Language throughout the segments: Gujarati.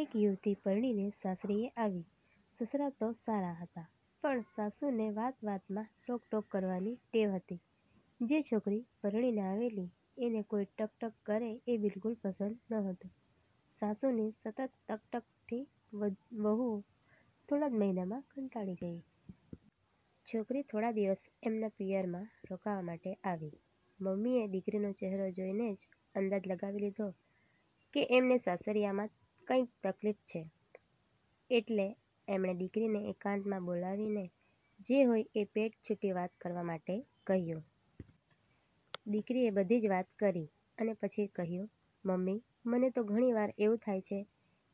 એક યુવતી પરણીને સાસરીએ આવી. સસરા તો સારા હતા પણ સાસુને વાત વાતમાં ટોક ટોક કરવાની ટેવ હતી. જે છોકરી પરણીને આવેલી એને કોઇ ટક ટક કરે એ બીલકુલ પસંદ નહોતું. સાસુની સતત ટક ટકથી વધુ વહુ થોડા જ મહીનામાં કંટાળી ગઇ. છોકરી થોડા દિવસ એમના પિયરમાં રોકાવા માટે આવી. મમ્મીએ દિકરીનો ચહેરો જોઇને જ અંદાજ લગાવી લીધો કે એમને સાસરીયામાં કંઇક તકલીફ છે એટલે એમણે દિકરીને એકાંતમાં બોલાવીને જે હોય એ પેટ છુટી વાત કરવા માટે કહ્યુ. દિકરીએ બધી જ વાત કરી અને પછી કહ્યુ, મમ્મી મને તો ઘણીવાર એવું થાય છે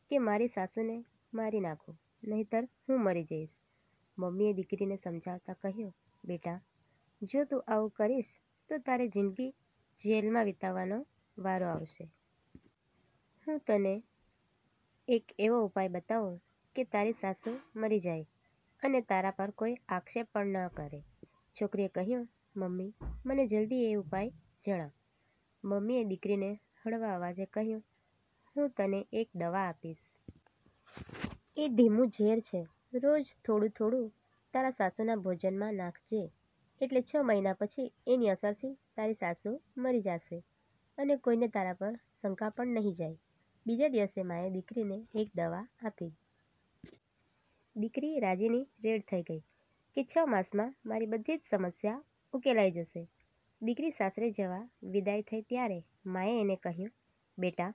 કે મારી સાસુને મારી નાંખુ નહીતર હું મરી જઇશ. મમ્મીએ દિકરીને સમજાવતા કહ્યુ, બેટા. જો તું આવુ કરીશ તો તારે જીંદગી જેલમાં વિતાવવનો વારો આવશે. હું તને એક એવો ઉપાય બતાવું કે તારી સાસુ મરી જાય અને તારા પર કોઇ આક્ષેપ પણ ન કરે. છોકરીએ કહ્યુ, મમ્મી મને જલદી એ ઉપાય જણાવ. મમ્મીએ દિકરીને હળવા અવાજે કહ્યુ, હું તને એક દવા આપીશ. એ ધીમુ ઝેર છે. રોજ થોડું થોડું તારા સાસુના ભોજનમાં નાંખજે એટલે છ મહીના પછી એની અસરથી તારી સાસુ મરી જાશે અને કોઇને તારા પર શંકા પણ નહી જાય. બીજા દિવસે માએ દિકરીને એક દવા આપી. દિકરી રાજીની રેડ થઇ ગઇ કે છ માસમાં મારી બધી જ સમસ્યા ઉકેલાઇ જશે. દિકરી સાસરે જવા વિદાઇ થઇ ત્યારે માએ એને કહ્યુ, બેટા,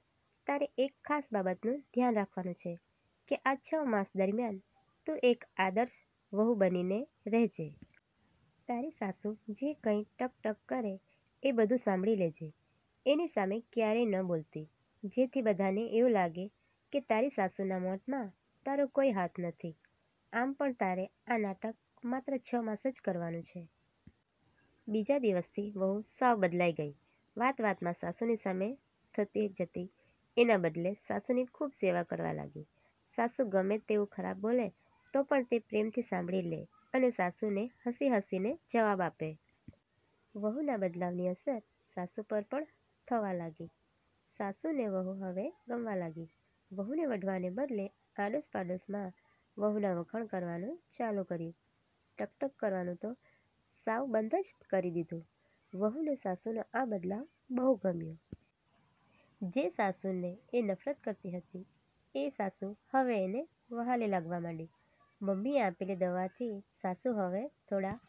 તારે એક ખાસ બાબતનું ધ્યાન રાખવાનું છે કે આ છ માસ દરમ્યાન તું એક આદર્શ વહુ બનીને રહેજે. તારી સાસુ જે કંઇ ટક ટક કરે એ બધુ સાંભળી લે જે એની સામે ક્યારેય ન બોલતી જેથી બધાને એવું લાગે કે તારી સાસુના મોતમાં તારો કોઇ હાથ નથી. આમ પણ તારે આ નાટક માત્ર છ માસ જ કરવાનું છે. બીજા દિવસથી વહુ સાવ બદલાઇ ગઇ. વાત વાતમાં સાસુની સામે થઇ જતી એના બદલે સાસુની ખુબ સેવા કરવા લાગી. સાસુ ગમે તેવુ ખરાબ બોલે તો પણ તે પ્રેમથી સાંભળી લે અને સાસુને હસી હસીને જવાબ આપે. વહુના બદલાવની અસર સાસુ પર પણ થવા લાગી. સાસુને વહુ હવે ગમવા લાગી. વહુને વઢવાને બદલે આડોશ પાડોશમાં વહુના વખાણ કરવાનું ચાલુ કર્યુ. ટક ટક કરવાનું તો સાવ બંધ જ કરી દીધુ. વહુને સાસુનો આ બદલાવ બહુ ગમ્યો. જે સાસુને એ નફરત કરતી હતી એ સાસુ હવે એને વહાલી લાગવા માંડી. મમ્મીએ આપેલી દવાથી સાસુ હવે થોડા